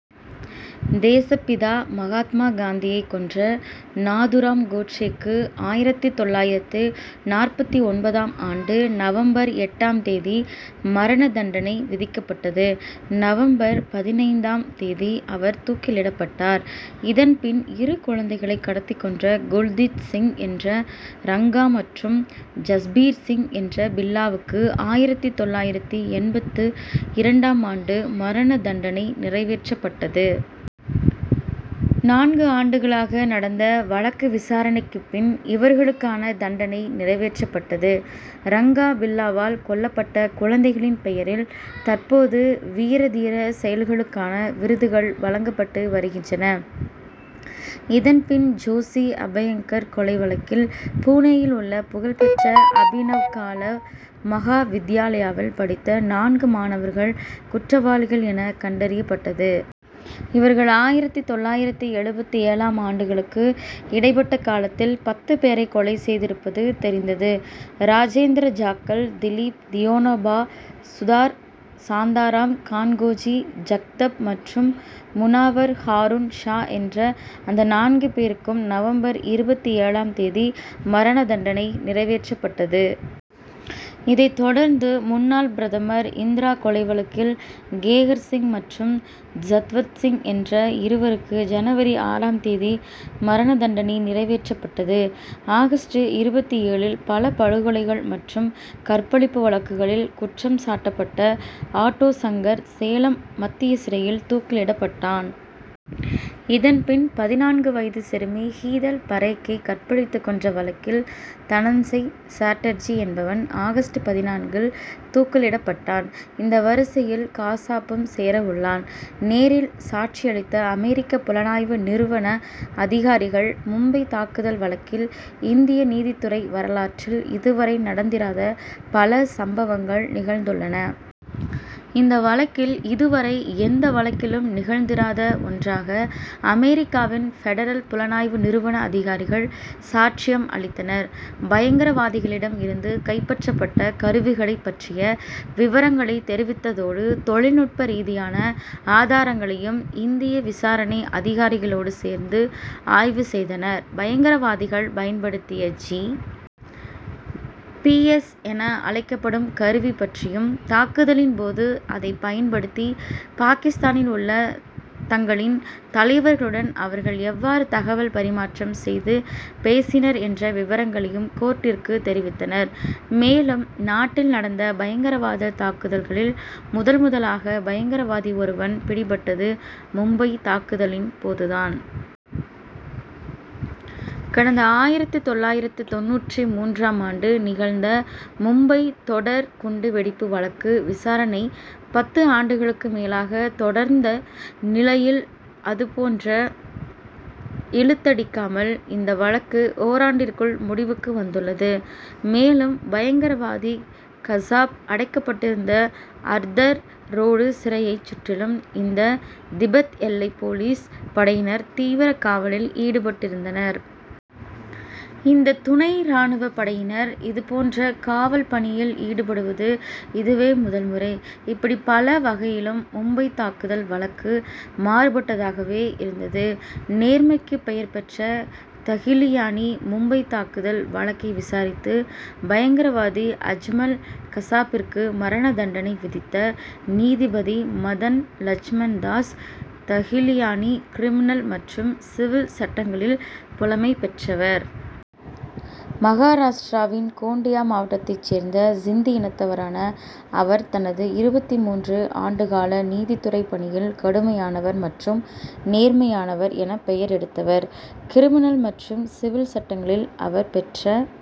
தேசப்பிதா மகாத்மா காந்தியை கொன்ற நாதுராம் கோட்சேக்கு ஆயிரத்து தொள்ளாயிரத்து நாற்பத்தொன்பதாம் ஆண்டு நவம்பர் எட்டாம் தேதி மரண தண்டனை விதிக்கப்பட்டது. நவம்பர் பதினைந்தாம் தேதி அவர் தூக்கிலிடப்பட்டார். இதன்பின் இரு குழந்தைகளை கடத்திக் கொன்ற குல்ஜீத்சிங் என்ற ரங்கா மற்றும் ஜஸ்பீர்சிங் என்ற பில்லாவுக்கு ஆயிரத்து தொள்ளாயிரத்து எண்பத்து இரண்டாம் ஆண்டு மரண தண்டனை நிறைவேற்றப்பட்டது. நான்கு ஆண்டுகளாக நடந்த வழக்கு விசாரணைக்குப் பின் இவர்களுக்கான தண்டனை நிறைவேற்றப்பட்டது. ரங்கா பில்லாவால் கொல்லப்பட்ட குழந்தைகளின் பெயரில் தற்போது வீரதீர செயல்களுக்கான விருதுகள் வழங்கப்பட்டு வருகின்றன. இதன்பின் ஜோஷி அப்யங்கர் கொலை வழக்கில் புனேயில் உள்ள புகழ்பெற்ற அபினவ் கலா மகாவித்யாலயாவில் படித்த நான்கு மாணவர்கள் குற்றவாளிகள் என கண்டறியப்பட்டது. இவர்கள் ஆயிரத்து தொள்ளாயிரத்து எழுபத்து ஏழாம் ஆண்டுகளுக்கு இடைப்பட்ட காலத்தில் பத்து பேரை கொலை செய்திருப்பது தெரிந்தது. ராஜேந்திர ஜாக்கல் திலீப் தியானோபா சுதார் சாந்தாராம் கன்கோஜி ஜக்தப் மற்றும் முனாவர் ஹாருண் ஷா என்ற அந்த நான்கு பேருக்கும் நவம்பர் இருபத்தி ஏழாம் தேதி மரண தண்டனை நிறைவேற்றப்பட்டது. இதைத் தொடர்ந்து முன்னாள் பிரதமர் இந்திரா கொலை வழக்கில் கேகர் சிங் மற்றும் சத்வந்த்சிங் என்ற இருவருக்கு ஜனவரி ஆறாம் தேதி மரண தண்டனை நிறைவேற்றப்பட்டது. ஆகஸ்ட் இருபத்தி ஏழில் பல படுகொலைகள் மற்றும் கற்பழிப்பு வழக்குகளில் குற்றம் சாட்டப்பட்ட ஆட்டோ சங்கர் சேலம் மத்திய சிறையில் தூக்கிலிடப்பட்டான். இதன்பின் பதினான்கு வயது சிறுமி ஹீதல் பரேக்கை கற்பழித்துக் கொன்ற வழக்கில் தனஞ்செய் சட்டர்ஜி என்பவன் ஆகஸ்ட் பதினான்கில் தூக்கிலிடப்பட்டான். இந்த வரிசையில் கசாப்பும் சேர உள்ளான். நேரில் சாட்சி அளித்த அமெரிக்க புலனாய்வு நிறுவன அதிகாரிகள் மும்பைத் தாக்குதல் வழக்கில் இந்திய நீதித்துறை வரலாற்றில் இதுவரை நடந்திராத பல சம்பவங்கள் நிகழ்ந்துள்ளன. இந்த வழக்கில் இதுவரை எந்த வழக்கிலும் நிகழ்ந்திராத ஒன்றாக அமெரிக்காவின் பெடரல் புலனாய்வு நிறுவன அதிகாரிகள் சாட்சியம் அளித்தனர். பயங்கரவாதிகளிடம் இருந்து கைப்பற்றப்பட்ட கருவிகளைப் பற்றிய விவரங்களை தெரிவித்ததோடு தொழில்நுட்ப ரீதியான ஆதாரங்களையும் இந்திய விசாரணை அதிகாரிகளோடு சேர்ந்து ஆய்வு செய்தனர். பயங்கரவாதிகள் பயன்படுத்திய ஜி. பி. எஸ். என அழைக்கப்படும் கருவி பற்றியும் தாக்குதலின் போது அதைப் பயன்படுத்தி பாகிஸ்தானில் உள்ள தங்களின் தலைவர்களுடன் அவர்கள் எவ்வாறு தகவல் பரிமாற்றம் செய்து பேசினர் என்ற விவரங்களையும் கோர்ட்டிற்கு தெரிவித்தனர். மேலும் நாட்டில் நடந்த பயங்கரவாத தாக்குதல்களில் முதல்முதலாக பயங்கரவாதி ஒருவன் பிடிபட்டது மும்பைத் தாக்குதலின் போதுதான். கடந்த ஆயிரத்து தொள்ளாயிரத்து தொண்ணூற்று மூன்றாம் ஆண்டு நிகழ்ந்த மும்பை தொடர் குண்டு வெடிப்பு வழக்கு விசாரணை பத்து ஆண்டுகளுக்கு மேலாக தொடர்ந்த நிலையில் அதுபோன்று இழுத்தடிக்காமல் இந்த வழக்கு ஓராண்டிற்குள் முடிவுக்கு வந்துள்ளது. மேலும் பயங்கரவாதி கசாப் அடைக்கப்பட்டிருந்த ஆர்தர் ரோடு சிறையைச் சுற்றிலும் இந்தோ திபெத் எல்லைப் போலீஸ் படையினர் தீவிர காவலில் ஈடுபட்டிருந்தனர். இந்த துணை ராணுவப் படையினர் இதுபோன்ற காவல் பணியில் ஈடுபடுவது இதுவே முதல் முறை. இப்படி பல வகையிலும் மும்பைத் தாக்குதல் வழக்கு மாறுபட்டதாகவே இருந்தது. நேர்மைக்கு பெயர் பெற்ற தகிலியானி மும்பைத் தாக்குதல் வழக்கை விசாரித்து பயங்கரவாதி அஜ்மல் கசாப்பிற்கு மரண தண்டனை விதித்த நீதிபதி மதன் லட்சுமண்தாஸ் தகிலியானி கிரிமினல் மற்றும் சிவில் சட்டங்களில் புலமை பெற்றவர். மகாராஷ்டிராவின் கோண்டியா மாவட்டத்தைச் சேர்ந்த சிந்தி இனத்தவரான அவர் தனது இருபத்தி மூன்று ஆண்டு கால நீதித்துறை பணியில் கடுமையானவர் மற்றும் நேர்மையானவர் என பெயர் எடுத்தவர். கிரிமினல் மற்றும் சிவில் சட்டங்களில் அவர் பெற்ற